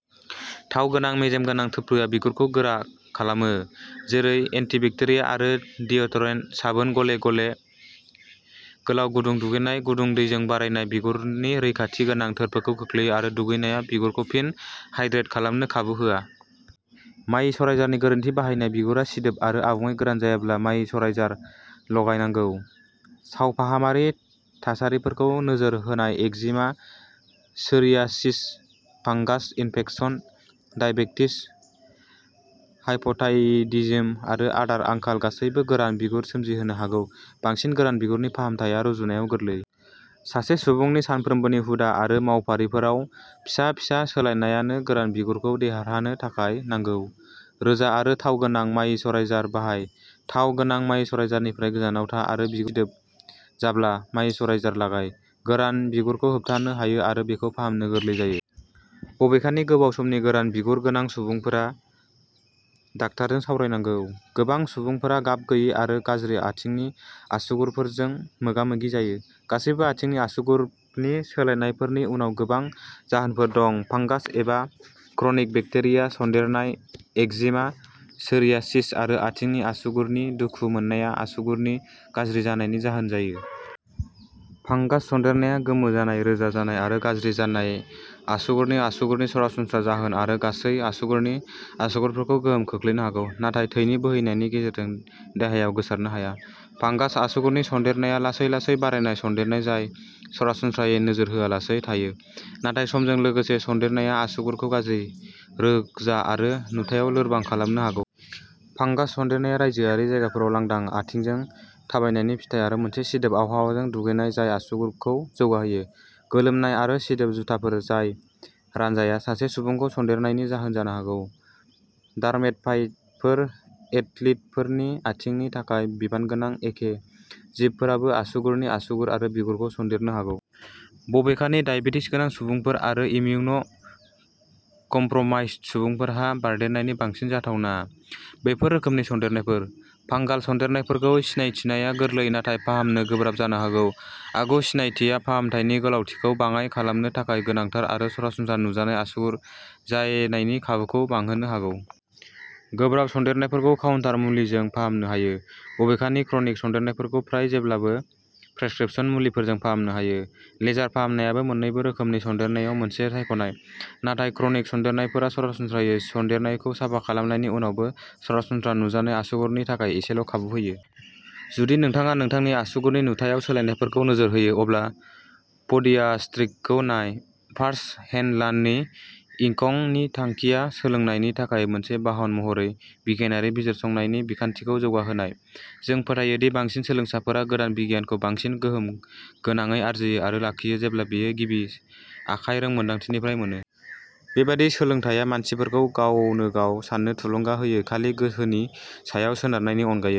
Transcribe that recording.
थाव गोनां मेजेम गोनां थोरफोआ बिगुरखौ गोरान खालामो। जेरै एन्टिबेक्टेरिया आरो डिअडरेन्ट साबोन। गले-गले, गोलाव, गुदुं दुगैनाय गुदुं दैजों बारायनाय बिगुरनि रैखाथि गोनां थोरफोखौ खोख्लैयो आरो दुगैनाया बिगुरखौ फिन हाइड्रेट खालामनो खाबु होआ। मायिचराइजारनि गोरोन्थि बाहायनाय बिगुरा सिदोब आरो आबुङै गोरान जायाब्ला मायिचराइजार लागायनांगौ। सावफाहामारि थासारिफोरखौ नोजोर होनाय eczema, psoriasis, fungus infection, diabetes, hypothyroidism आरो आदार आंखाल गासैबो गोरान बिगुर सोमजिहोनो हागौ। बांसिन गोरान बिगुरनि फाहामथाया रुजुनायाव गोरलै। सासे सुबुंनि सानफ्रोमबोनि हुदा आरो मावफारिफोराव फिसा-फिसा सोलायनायानो गोरान बिगुरखौ देरहानो थाखाय नांगौ। रोजा आरो थाव गोनां मायिचराइजार बाहाय। थाव गोनां मायिचराइजारनिफ्राय गोजानाव था आरो बिगुरा सिदोब जाब्ला मायिचराइजार लागाय। गोरान बिगुरखौ होबथानो हायो आरो बेखौ फाहामनो गोरलै जायो। बबेखानि, गोबाव समनि गोरान बिगुर गोनां सुबुंफोरा डाक्टारजों सावरायनांगौ। गोबां सुबुंफोरा गाब गैयै आरो गाज्रि आथिंनि आसुगुरफोरजों मोगा-मोगि जायो। गासैबो आथिंनि आसुगुरनि सोलायनायफोरनि उनाव गोबां जाहोनफोर दं फांगास एबा क्रनिक बेक्टेरिया सन्देरनाय, एक्जिमा, सोरियासिस आरो आथिंनि आसुगुरनि दुखु मोननाया आसुगुरनि गाज्रि जानायनि जाहोन जायो। फांगास सन्देरनाया गोमो जानाय, रोजा जानाय आरो गाज्रि जानाय आसुगुरनि आसुगुरनि सरासनस्रा जाहोन आरो गासै आसुगुरनि आसुगुरफोरखौ गोहोम खोख्लैनो हागौ, नाथाय थैनि बोहैनायनि गेजेरजों देहायाव गोसारनो हाया। फांगास आसुगुरनि सन्देरनाया लासै लासै बारायनाय सन्देरनाय जाय सरासनस्रायै नोजोर होआलासै थायो, नाथाय समजों लोगोसे सनदेरनाया आसुगुरखौ गाज्रि, रोजा आरो नुथायाव लोरबां खालामनो हागौ। फांगास सन्देरनाया रायजोआरि जायगाफोराव लांदां आथिंजों थाबायनायनि फिथाय आरो मोनसे सिदोब आबहावाजों दुगैनाय जाय आसुगुरखौ जौगाहोयो। गोलोमनाय आरो सिदोब जुथाफोर जाय रानजाया, सासे सुबुंखौ सन्देरनायनि जाहोन जानो हागौ। डार्मेटफाइटफोर, एथलीटफोरनि आथिंनि थाखाय बिबानगोनां एखे जिबफोराबो आसुगुरनि आसुगुर आरो बिगुरखौ सनदेरनो हागौ। बबेखानि, डायबेटिस गोनां सुबुंफोर आरो इमिउन' कमप्र'माइज्ड सुबुंफोरहा बारदेरनायनि बांसिन जाथावना। बेफोर रोखोमनि सन्देरनायफोर। फांगाल सन्देरनायफोरखौ सिनायथिनाया गोरलै, नाथाय फाहामनो गोब्राब जानो हागौ। आगु सिनायथिया फाहामथायनि गोलावथिखौ बाङाइ खालामनो थाखाय गोनांथार आरो सरासनस्रा नुजानाय आसुगुर जानायनि खाबुखौ बांहोनो हागौ। गोब्राब सन्देरनायफोरखौ काउन्टार मुलिजों फाहामनो हायो बबेखानि, क्रनिक सन्देरनायफोरखौ फ्राय जेब्लाबो प्रेसक्रिपशन मुलिफोरजों फाहामनो हायो। लेजार फाहामनायाबो मोननैबो रोखोमनि सन्देरनायफोराव मोनसे सायख'नाय। नाथाय, क्रनिक सन्देरनायफोरा सरासनस्रायै सन्देरनायखौ साफा खालामनायनि उनावबो सरासनस्रा नुजानाय आसुगुरनि थाखाय एसेल' खाबु होयो। जुदि नोंथाङा नोंथांनि आसुगुरनि नुथायाव सोलायनायफोरखौ नोजोर होयो, अब्ला प'डियाट्रिस्टखौ नाय। फार्स्ट हेन्ड लार्निं इंक नि थांखिया सोलोंनायनि थाखाय मोनसे बाहन महरै बिगियानारि बिजिरसंनायनि बिखान्थिखौ जौगाहोनाय। जों फोथायो दि बांसिन सोलोंसाफोरा गोदान गियानखौ बांसिन गोहोम गोनाङै आरजियो आरो लाखियो जेब्ला बेयो गिबि आखाय रोंमोनदांथिनिफ्राय मोनो। बेबादि सोलोंथाया मानसिफोरखौ गावनोगाव साननो थुलुंगा होयो, खालि गोहोनि सायाव सोनारनायनि अनगायै।